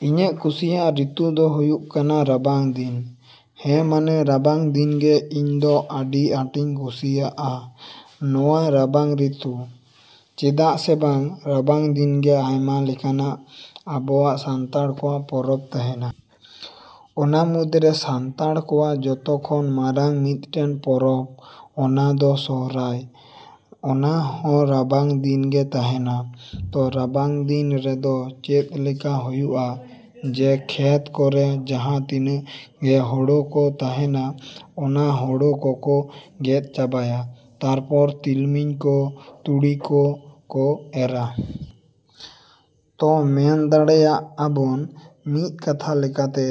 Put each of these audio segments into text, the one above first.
‎ᱤᱧᱟᱜ ᱠᱩᱥᱤᱭᱟᱜ ᱨᱤᱛᱩ ᱫᱚ ᱦᱩᱭᱩᱜ ᱠᱟᱱᱟ ᱨᱟᱵᱟᱝ ᱫᱤᱱ᱾ ᱦᱮᱸ, ᱢᱟᱱᱮ ᱨᱟᱵᱟᱝ ᱫᱤᱱ ᱜᱮ ᱤᱧ ᱫᱚ ᱟᱹᱰᱤ ᱟᱸᱴᱤᱧ ᱠᱩᱥᱤᱭᱟᱜᱼᱟ ᱱᱚᱣᱟ ᱨᱟᱵᱟᱝ ᱨᱤᱛᱩ᱾ ᱪᱮᱫᱟᱜ ᱥᱮ ᱵᱟᱝ ᱨᱟᱵᱟᱝ ᱫᱤᱱ ᱜᱮ ᱟᱭᱢᱟ ᱞᱮᱠᱟᱱᱟᱜ ᱟᱵᱚᱣᱟᱜ ᱥᱟᱱᱛᱟᱲ ᱠᱚᱣᱟᱜ ᱯᱚᱨᱚᱵᱽ ᱛᱟᱦᱮᱱᱟ᱾ ᱚᱱᱟ ᱢᱩᱫᱽ ᱨᱮ ᱥᱟᱱᱛᱟᱲ ᱠᱚᱣᱟᱜ ᱡᱚᱛᱚ ᱠᱷᱚᱱ ᱢᱟᱨᱟᱝ ᱢᱤᱫᱴᱮᱱ ᱯᱚᱨᱚᱵᱽ ᱚᱱᱟ ᱫᱚ ᱥᱚᱨᱦᱟᱭ, ᱚᱱᱟ ᱦᱚᱸ ᱨᱟᱵᱟᱝ ᱫᱤᱱ ᱜᱮ ᱛᱟᱦᱮᱱᱟ᱾ ᱛᱚ ᱨᱟᱵᱟᱝ ᱫᱤᱱ ᱨᱮᱫᱚ ᱪᱮᱫ ᱞᱮᱠᱟ ᱦᱩᱭᱩᱜᱼᱟ ᱡᱮ ᱠᱷᱮᱛ ᱠᱚᱨᱮ ᱡᱟᱦᱟᱸ ᱛᱤᱱᱟᱹᱜ ᱜᱮ ᱦᱳᱲᱳ ᱠᱚ ᱛᱟᱦᱮᱱᱟ ᱚᱱᱟ ᱦᱳᱲᱳ ᱠᱚᱠᱚ ᱜᱮᱫ ᱪᱟᱵᱟᱭᱟ ᱛᱟᱯᱚᱨ ᱛᱤᱞᱢᱤᱧ ᱠᱚ, ᱛᱩᱲᱤ ᱠᱚ ᱠᱚ ᱮᱨᱟ᱾ ᱛᱚ ᱢᱮᱱ ᱫᱟᱲᱮᱭᱟᱜ ᱟᱵᱚᱱ ᱢᱤᱫ ᱠᱟᱛᱷᱟ ᱞᱮᱠᱟᱛᱮ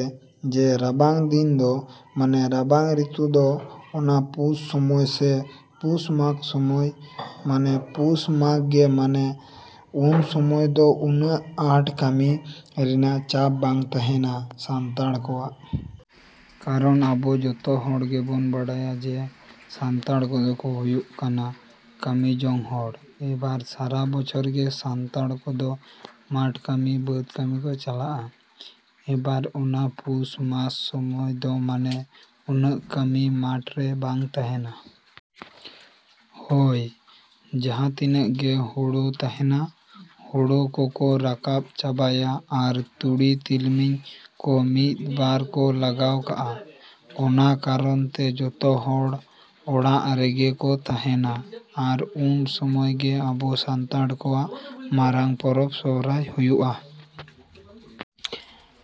ᱡᱮ ᱨᱟᱵᱟᱝ ᱫᱤᱱ ᱫᱚ ᱢᱟᱱᱮ ᱨᱟᱵᱟᱝ ᱨᱤᱛᱩ ᱫᱚ ᱚᱱᱟ ᱯᱩᱥ ᱥᱚᱢᱚᱭ ᱥᱮ ᱯᱩᱥ ᱢᱟᱜᱽ ᱥᱚᱢᱚᱭ, ᱢᱟᱱᱮ ᱯᱩᱥ ᱢᱟᱜᱽ ᱜᱮ ᱢᱟᱱᱮ ᱩᱱ ᱥᱚᱢᱚᱭ ᱫᱚ ᱩᱱᱟᱹᱜ ᱟᱴ ᱠᱟᱹᱢᱤ ᱨᱮᱱᱟᱜ ᱪᱟᱯ ᱵᱟᱝ ᱛᱟᱦᱮᱱᱟ ᱥᱟᱱᱛᱟᱲ ᱠᱚᱣᱟᱜ᱾ ᱠᱟᱨᱚᱱ ᱟᱵᱚ ᱡᱚᱛᱚ ᱦᱚᱲ ᱜᱮᱵᱚᱱ ᱵᱟᱲᱟᱭᱟ ᱡᱮ ᱥᱟᱱᱛᱟᱲ ᱠᱚᱫᱚ ᱠᱚ ᱦᱩᱭᱩᱜ ᱠᱟᱱᱟ ᱠᱟᱹᱢᱤ ᱡᱚᱝ ᱦᱚᱲ᱾ ᱮᱵᱟᱨ ᱥᱟᱨᱟ ᱵᱚᱪᱷᱚᱨ ᱜᱮ ᱥᱟᱱᱛᱟᱲ ᱠᱚᱫᱚ ᱢᱟᱴ ᱠᱟᱹᱢᱤ, ᱵᱟᱹᱫᱽ ᱠᱟᱹᱢᱤ ᱠᱚ ᱪᱟᱞᱟᱜᱼᱟ᱾ ᱮᱵᱟᱨ ᱚᱱᱟ ᱯᱩᱥ ᱢᱟᱥ ᱥᱚᱢᱚᱭ ᱫᱚ ᱢᱟᱱᱮ ᱩᱱᱟᱹᱜ ᱠᱟᱹᱢᱤ ᱢᱟᱴ ᱨᱮ ᱵᱟᱝ ᱛᱟᱦᱮᱱᱟ᱾ ᱦᱚᱭ, ᱡᱟᱦᱟᱸ ᱛᱤᱱᱟᱹᱜ ᱜᱮ ᱦᱳᱲᱳ ᱠᱚ ᱛᱟᱦᱮᱱᱟ ᱦᱳᱲᱳ ᱠᱚ ᱠᱚ ᱨᱟᱠᱟᱵᱽ ᱪᱟᱵᱟᱭᱟ ᱟᱨ ᱛᱩᱲᱤ ᱛᱤᱞᱢᱤᱧ ᱠᱚ ᱢᱤᱫ ᱵᱟᱨ ᱠᱚ ᱞᱟᱜᱟᱣ ᱠᱟᱜᱼᱟ᱾ ᱚᱱᱟ ᱠᱟᱨᱚᱱ ᱛᱮ ᱡᱚᱛᱚ ᱦᱚᱲ ᱚᱲᱟᱜ ᱨᱮᱜᱮ ᱠᱚ ᱛᱟᱦᱮᱱᱟ ᱟᱨ ᱩᱱ ᱥᱚᱢᱚᱭ ᱜᱮ ᱟᱵᱚ ᱥᱟᱱᱛᱟᱲ ᱠᱚᱣᱟᱜ ᱢᱟᱨᱟᱝ ᱯᱚᱨᱚᱵᱽ ᱥᱚᱨᱦᱟᱭ ᱦᱩᱭᱩᱜᱼᱟ᱾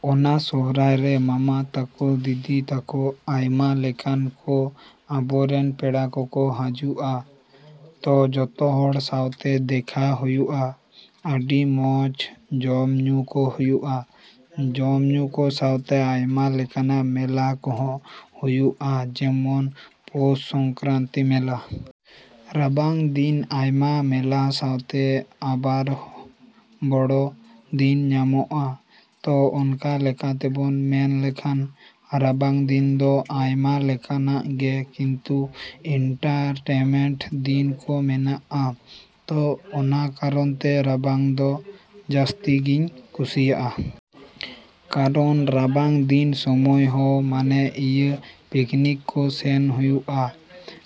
ᱚᱱᱟ ᱥᱚᱨᱦᱟᱭ ᱨᱮ ᱢᱟᱢᱟ ᱛᱟᱠᱚ, ᱫᱤᱫᱤ ᱛᱟᱠᱚ, ᱟᱭᱢᱟ ᱞᱮᱠᱟᱱ ᱠᱚ ᱟᱵᱚ ᱨᱮᱱ ᱯᱮᱲᱟ ᱠᱚᱠᱚ ᱦᱟᱹᱡᱩᱜᱼᱟ᱾ ᱛᱚ ᱡᱚᱛᱚ ᱦᱚᱲ ᱥᱟᱣᱛᱮ ᱫᱮᱠᱷᱟ ᱦᱩᱭᱩᱜᱼᱟ, ᱟᱹᱰᱤ ᱢᱚᱡᱽ ᱡᱚᱢ ᱧᱩ ᱠᱚ ᱦᱩᱭᱩᱜᱼᱟ᱾ ᱡᱚᱢ ᱧᱩ ᱠᱚ ᱥᱟᱶᱛᱮ ᱟᱭᱢᱟ ᱞᱮᱠᱟᱱᱟᱜ ᱢᱮᱞᱟ ᱠᱚᱦᱚ ᱦᱩᱭᱩᱜᱼᱟ ᱡᱮᱢᱚᱱ ᱯᱚᱥ ᱥᱚᱝᱠᱨᱟᱱᱛᱤ ᱢᱮᱞᱟ᱾ ᱨᱟᱵᱟᱝ ᱫᱤᱱ ᱟᱭᱢᱟ ᱢᱮᱞᱟ ᱥᱟᱶᱛᱮ ᱟᱵᱟᱨ ᱵᱚᱲᱚ ᱫᱤᱱ ᱧᱟᱢᱚᱜᱼᱟ᱾ ᱛᱚ ᱚᱱᱠᱟ ᱞᱮᱠᱟᱛᱮᱵᱚᱱ ᱢᱮᱱ ᱞᱮᱠᱷᱟᱱ ᱨᱟᱵᱟᱝ ᱫᱤᱱ ᱫᱚ ᱟᱭᱢᱟ ᱞᱮᱠᱟᱱᱟᱜ ᱜᱮ ᱠᱤᱱᱛᱩ ᱤᱱᱴᱟᱨᱴᱮᱱᱢᱮᱱᱴ ᱫᱤᱱ ᱠᱚ ᱢᱮᱱᱟᱜᱼᱟ᱾ ᱛᱚ ᱚᱱᱟ ᱠᱟᱨᱚᱱ ᱛᱮ ᱨᱟᱵᱟᱝ ᱫᱚ ᱡᱟᱹᱥᱛᱤ ᱜᱮᱧ ᱠᱩᱥᱤᱭᱟᱜᱼᱟ᱾ ᱠᱟᱨᱚᱱ ᱨᱟᱵᱟᱝ ᱫᱤᱱ ᱥᱚᱢᱚᱭ ᱦᱚᱸ ᱢᱟᱱᱮ ᱤᱭᱟᱹ ᱯᱤᱠᱱᱤᱠ ᱠᱚ ᱥᱮᱱ ᱦᱩᱭᱩᱜᱼᱟ,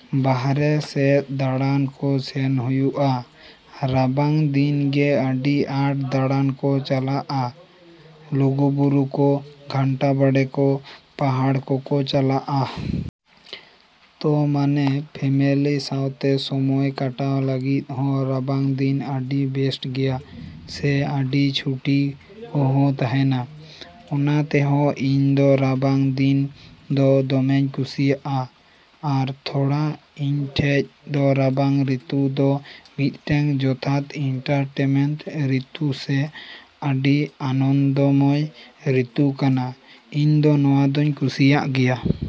ᱵᱟᱨᱦᱮ ᱥᱮᱫ ᱫᱟᱬᱟᱱ ᱠᱚ ᱥᱮᱱ ᱦᱩᱭᱩᱜᱼᱟ᱾ ᱨᱟᱵᱟᱝ ᱫᱤᱱ ᱜᱮ ᱟᱹᱰᱤ ᱟᱸᱴ ᱫᱟᱬᱟᱱ ᱠᱚ ᱪᱟᱞᱟᱜᱼᱟ ᱞᱩᱜᱩᱵᱩᱨᱩ ᱠᱚ, ᱜᱷᱟᱱᱴᱟ ᱵᱟᱲᱮ ᱠᱚ, ᱯᱟᱦᱟᱲ ᱠᱚ ᱠᱚ ᱪᱟᱞᱟᱜᱼᱟ᱾ ᱛᱚ ᱢᱟᱱᱮ ᱯᱷᱮᱢᱮᱞᱤ ᱥᱟᱣᱛᱮ ᱥᱚᱢᱚᱭ ᱠᱟᱴᱟᱣ ᱞᱟᱹᱜᱤᱫ ᱦᱚᱸ ᱨᱟᱵᱟᱝ ᱫᱤᱱ ᱟᱹᱰᱤ ᱵᱮᱥᱴ ᱜᱮᱭᱟ ᱥᱮ ᱟᱹᱰᱤ ᱪᱷᱩᱴᱤ ᱠᱚᱦᱚᱸ ᱛᱟᱦᱮᱱᱟ᱾ ᱚᱱᱟ ᱛᱮᱦᱚᱸ ᱤᱧ ᱫᱚ ᱨᱟᱵᱟᱝ ᱫᱤᱱ ᱫᱚ ᱫᱚᱢᱮᱧ ᱠᱩᱥᱤᱭᱟᱜᱼᱟ ᱟᱨ ᱛᱷᱚᱲᱟ ᱤᱧ ᱴᱷᱮᱡ ᱫᱚ ᱨᱟᱵᱟᱝ ᱨᱤᱛᱩ ᱫᱚ ᱢᱤᱫᱴᱮᱱ ᱡᱚᱛᱷᱟᱛ ᱤᱱᱴᱟᱨᱴᱮᱱᱢᱮᱱᱴ ᱨᱤᱛᱩ ᱥᱮ ᱟᱹᱰᱤ ᱟᱱᱚᱱᱫᱚᱢᱚᱭ ᱨᱤᱛᱩ ᱠᱟᱱᱟ᱾ ᱤᱧ ᱫᱚ ᱱᱚᱣᱟ ᱫᱩᱧ ᱠᱩᱥᱤᱭᱟᱜ ᱜᱮᱭᱟ।